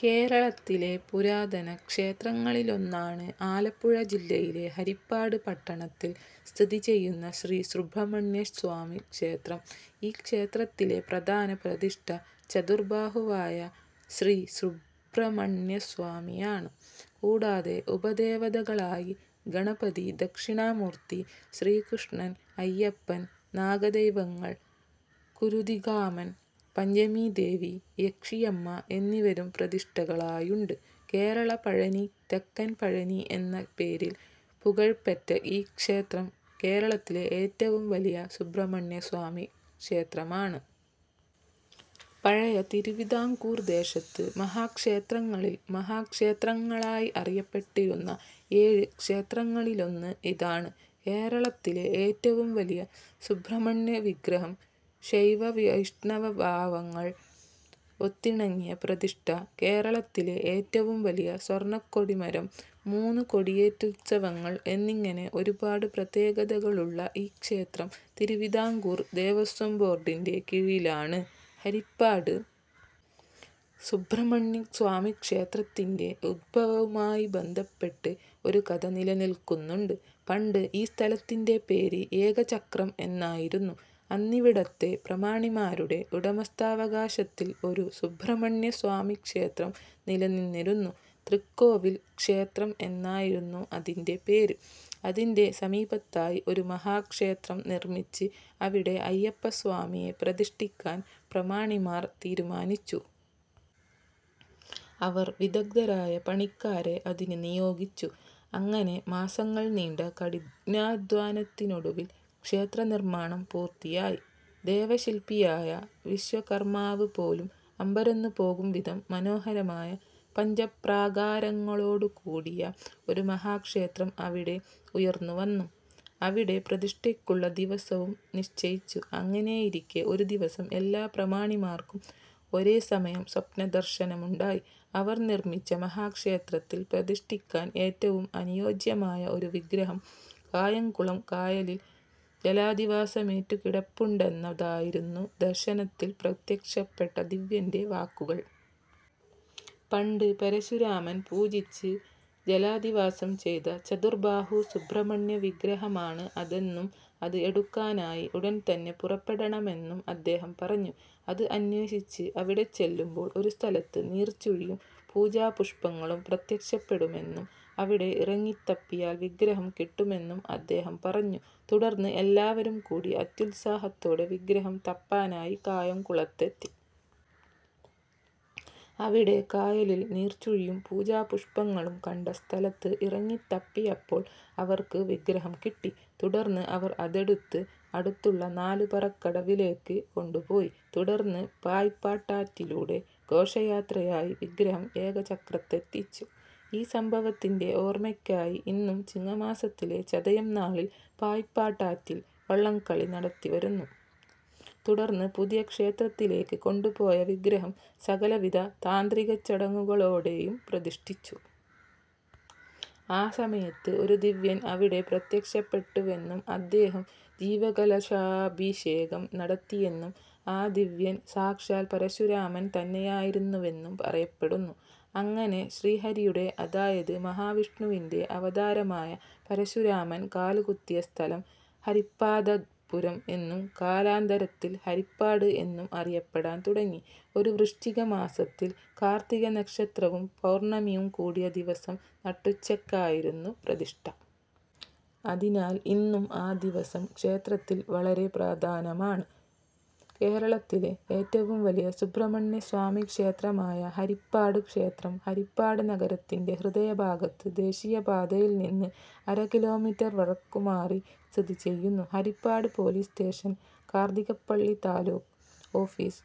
കേരളത്തിലെ പുരാതന ക്ഷേത്രങ്ങളിലൊന്നാണ് ആലപ്പുഴ ജില്ലയിലെ ഹരിപ്പാട് പട്ടണത്തിൽ സ്ഥിതിചെയ്യുന്ന ശ്രീ സുബ്രഹ്മണ്യസ്വാമി ക്ഷേത്രം. ഈ ക്ഷേത്രത്തിലെ പ്രധാന പ്രതിഷ്ഠ ചതുർബാഹുവായ ശ്രീ സുബ്രഹ്മണ്യസ്വാമിയാണ്. കൂടാതെ ഉപദേവതകളായി ഗണപതി, ദക്ഷിണാമൂർത്തി, ശ്രീകൃഷ്ണൻ, അയ്യപ്പൻ, നാഗദൈവങ്ങൾ, കുരുതികാമൻ, പഞ്ചമീദേവി, യക്ഷിയമ്മ എന്നിവരും പ്രതിഷ്ഠകളായുണ്ട്. കേരള പഴനി, തെക്കൻ പഴനി എന്ന പേരിൽ പുകഴ്പെറ്റ ഈ ക്ഷേത്രം കേരളത്തിലെ ഏറ്റവും വലിയ സുബ്രഹ്മണ്യസ്വാമിക്ഷേത്രമാണ്. പഴയ തിരുവിതാംകൂർ ദേശത്ത് മഹാക്ഷേത്രങ്ങളിൽ മഹാക്ഷേത്രങ്ങളായി അറിയപ്പെട്ടിരുന്ന ഏഴ് ക്ഷേത്രങ്ങളിലൊന്ന് ഇതാണ്. കേരളത്തിലെ ഏറ്റവും വലിയ സുബ്രഹ്മണ്യവിഗ്രഹം, ശൈവ വൈഷ്ണവ ഭാവങ്ങൾ ഒത്തിണങ്ങിയ പ്രതിഷ്ഠ, കേരളത്തിലെ ഏറ്റവും വലിയ സ്വർണക്കൊടിമരം, മൂന്ന് കൊടിയേറ്റുത്സവങ്ങൾ എന്നിങ്ങനെ ഒരുപാട് പ്രത്യേകതകളുള്ള ഈ ക്ഷേത്രം തിരുവിതാംകൂർ ദേവസ്വം ബോർഡിൻ്റെ കീഴിലാണ്. ഹരിപ്പാട് സുബ്രഹ്മണ്യസ്വാമിക്ഷേത്രത്തിൻ്റെ ഉദ്ഭവവുമായി ബന്ധപ്പെട്ട് ഒരു കഥ നിലനിൽക്കുന്നുണ്ട്. പണ്ട് ഈ സ്ഥലത്തിൻ്റെ പേര് ഏകചക്രം എന്നായിരുന്നു. അന്നിവിടത്തെ പ്രമാണിമാരുടെ ഉടമസ്ഥാവകാശത്തിൽ ഒരു സുബ്രഹ്മണ്യസ്വാമിക്ഷേത്രം നിലനിന്നിരുന്നു. തൃക്കോവിൽ ക്ഷേത്രം എന്നായിരുന്നു അതിൻ്റെ പേര്. അതിൻ്റെ സമീപത്തായി ഒരു മഹാക്ഷേത്രം നിർമ്മിച്ച് അവിടെ അയ്യപ്പസ്വാമിയെ പ്രതിഷ്ഠിക്കാൻ പ്രമാണിമാർ തീരുമാനിച്ചു. അവർ വിദഗ്ധരായ പണിക്കാരെ അതിന് നിയോഗിച്ചു. അങ്ങനെ മാസങ്ങൾ നീണ്ട കഠിനാധ്വാനത്തിനൊടുവിൽ ക്ഷേത്രനിർമ്മാണം പൂർത്തിയായി. ദേവശില്പിയായ വിശ്വകർമാവ് പോലും അമ്പരന്നുപോകുംവിധം മനോഹരമായ, പഞ്ചപ്രാകാരങ്ങളോടുകൂടിയ ഒരു മഹാക്ഷേത്രം അവിടെ ഉയർന്നുവന്നു. അവിടെ പ്രതിഷ്ഠയ്ക്കുള്ള ദിവസവും നിശ്ചയിച്ചു. അങ്ങനെയിരിക്കെ ഒരുദിവസം എല്ലാ പ്രമാണിമാർക്കും ഒരേ സമയം സ്വപ്നദർശനമുണ്ടായി. അവർ നിർമ്മിച്ച മഹാക്ഷേത്രത്തിൽ പ്രതിഷ്ഠിക്കാൻ ഏറ്റവും അനുയോജ്യമായ ഒരു വിഗ്രഹം കായംകുളം കായലിൽ ജലാധിവാസമേറ്റുകിടപ്പുണ്ടെന്നതായിരുന്നു ദർശനത്തിൽ പ്രത്യക്ഷപ്പെട്ട ദിവ്യൻ്റെ വാക്കുകൾ. പണ്ട് പരശുരാമൻ പൂജിച്ച് ജലാധിവാസം ചെയ്ത ചതുർബാഹു സുബ്രഹ്മണ്യവിഗ്രഹമാണ് അതെന്നും അത് എടുക്കാനായി ഉടൻതന്നെ പുറപ്പെടണമെന്നും അദ്ദേഹം പറഞ്ഞു. അത് അന്വേഷിച്ച് അവിടെച്ചെല്ലുമ്പോൾ ഒരുസ്ഥലത്ത് നീർച്ചുഴിയും പൂജാപുഷ്പങ്ങളും പ്രത്യക്ഷപ്പെടുമെന്നും അവിടെ ഇറങ്ങിത്തപ്പിയാൽ വിഗ്രഹം കിട്ടുമെന്നും അദ്ദേഹം പറഞ്ഞു. തുടർന്ന് എല്ലാവരും കൂടി അത്യുത്സാഹത്തോടെ വിഗ്രഹം തപ്പാനായി കായംകുളത്തെത്തി. അവിടെ കായലിൽ നീർച്ചുഴിയും പൂജാപുഷ്പങ്ങളും കണ്ട സ്ഥലത്ത് ഇറങ്ങിത്തപ്പിയപ്പോൾ അവർക്ക് വിഗ്രഹം കിട്ടി. തുടർന്ന് അവർ അതെടുത്ത് അടുത്തുള്ള നാലുപറക്കടവിലേയ്ക്ക് കൊണ്ടുപോയി. തുടർന്ന് പായിപ്പാട്ടാറ്റിലൂടെ ഘോഷയാത്രയായി വിഗ്രഹം ഏകചക്രത്തെത്തിച്ചു. ഈ സംഭവത്തിൻ്റെ ഓർമയ്ക്കായി ഇന്നും ചിങ്ങമാസത്തിലെ ചതയം നാളിൽ പായിപ്പാട്ടാറ്റിൽ വള്ളംകളി നടത്തിവരുന്നു. തുടർന്ന് പുതിയ ക്ഷേത്രത്തിലേക്ക് കൊണ്ടുപോയ വിഗ്രഹം സകലവിധ താന്ത്രികച്ചടങ്ങുകളോടെയും പ്രതിഷ്ഠിച്ചു. ആ സമയത്ത് ഒരു ദിവ്യൻ അവിടെ പ്രത്യക്ഷപ്പെട്ടുവെന്നും അദ്ദേഹം ജീവകലശാഭിഷേകം നടത്തിയെന്നും ആ ദിവ്യൻ സാക്ഷാൽ പരശുരാമൻ തന്നെയായിരുന്നുവെന്നും പറയപ്പെടുന്നു. അങ്ങനെ ശ്രീഹരിയുടെ, അതായത് മഹാവിഷ്ണുവിൻ്റെ അവതാരമായ പരശുരാമൻ കാലുകുത്തിയ സ്ഥലം ഹരിപ്പാദപുരം എന്നും കാലാന്തരത്തിൽ ഹരിപ്പാട് എന്നും അറിയപ്പെടാൻ തുടങ്ങി. ഒരു വൃശ്ചികമാസത്തിൽ കാർത്തിക നക്ഷത്രവും പൗർണമിയും കൂടിയ ദിവസം നട്ടുച്ചയ്ക്കായിരുന്നു പ്രതിഷ്ഠ. അതിനാൽ ഇന്നും ആ ദിവസം ക്ഷേത്രത്തിൽ വളരെ പ്രാധാനമാണ്. കേരളത്തിലെ ഏറ്റവും വലിയ സുബ്രഹ്മണ്യസ്വാമിക്ഷേത്രമായ ഹരിപ്പാട് ക്ഷേത്രം ഹരിപ്പാട് നഗരത്തിൻ്റെ ഹൃദയഭാഗത്ത് ദേശീയപാതയിൽ നിന്ന് അര കിലോമീറ്റർ വടക്കുമാറി സ്ഥിതിചെയ്യുന്നു. Haripad police station, Karthikappally taluk office,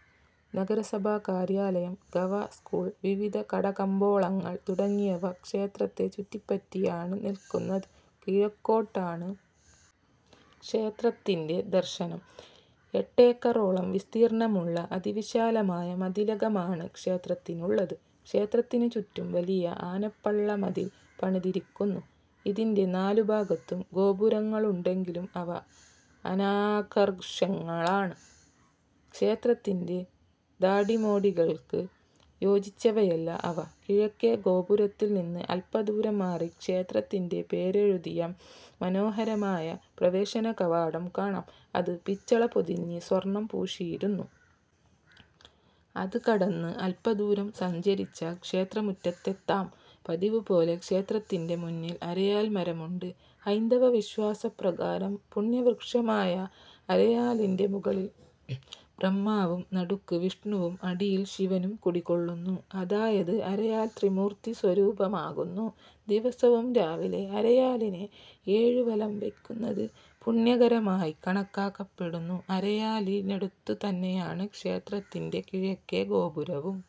നഗരസഭാ കാര്യാലയം, ഗവ. സ്കൂൾ, വിവിധ കടകമ്പോളങ്ങൾ തുടങ്ങിയവ ക്ഷേത്രത്തെ ചുറ്റിപ്പറ്റിയാണ് നിൽക്കുന്നത്. കിഴക്കോട്ടാണ് ക്ഷേത്രത്തിൻ്റെ ദർശനം. എട്ടേക്കറോളം വിസ്തീർണമുള്ള അതിവിശാലമായ മതിലകമാണ് ക്ഷേത്രത്തിനുള്ളത്. ക്ഷേത്രത്തിനുചുറ്റും വലിയ ആനപ്പള്ളമതിൽ പണിതിരിക്കുന്നു. ഇതിൻ്റെ നാലുഭാഗത്തും ഗോപുരങ്ങളുണ്ടെങ്കിലും അവ അനാകർഷകങ്ങളാണ്. ക്ഷേത്രത്തിൻ്റെ ധാടിമോടികൾക്ക് യോജിച്ചവയല്ല അവ. കിഴക്കേ ഗോപുരത്തിൽ നിന്ന് അല്പദൂരം മാറി ക്ഷേത്രത്തിൻ്റെ പേരെഴുതിയ മനോഹരമായ പ്രവേശനകവാടം കാണാം. അത് പിച്ചള പൊതിഞ്ഞ് സ്വർണം പൂശിയിരുന്നു. അത് കടന്ന് അല്പദൂരം സഞ്ചരിച്ചാൽ ക്ഷേത്രമുറ്റത്തെത്താം. പതിവുപോലെ ക്ഷേത്രത്തിൻ്റെ മുന്നിൽ അരയാൽമരമുണ്ട്. ഹൈന്ദവവിശ്വാസപ്രകാരം പുണ്യവൃക്ഷമായ അരയാലിൻ്റെ മുകളിൽ ബ്രഹ്മാവും നടുക്ക് വിഷ്ണുവും അടിയിൽ ശിവനും കുടികൊള്ളുന്നു. അതായത് അരയാൽ ത്രിമൂർത്തീസ്വരൂപമാകുന്നു. ദിവസവും രാവിലെ അരയാലിനെ ഏഴുവലം വെയ്ക്കുന്നത് പുണ്യകരമായി കണക്കാക്കപ്പെടുന്നു. അരയാലിനടുത്തുതന്നെയാണ് ക്ഷേത്രത്തിൻ്റെ കിഴക്കേ ഗോപുരവും.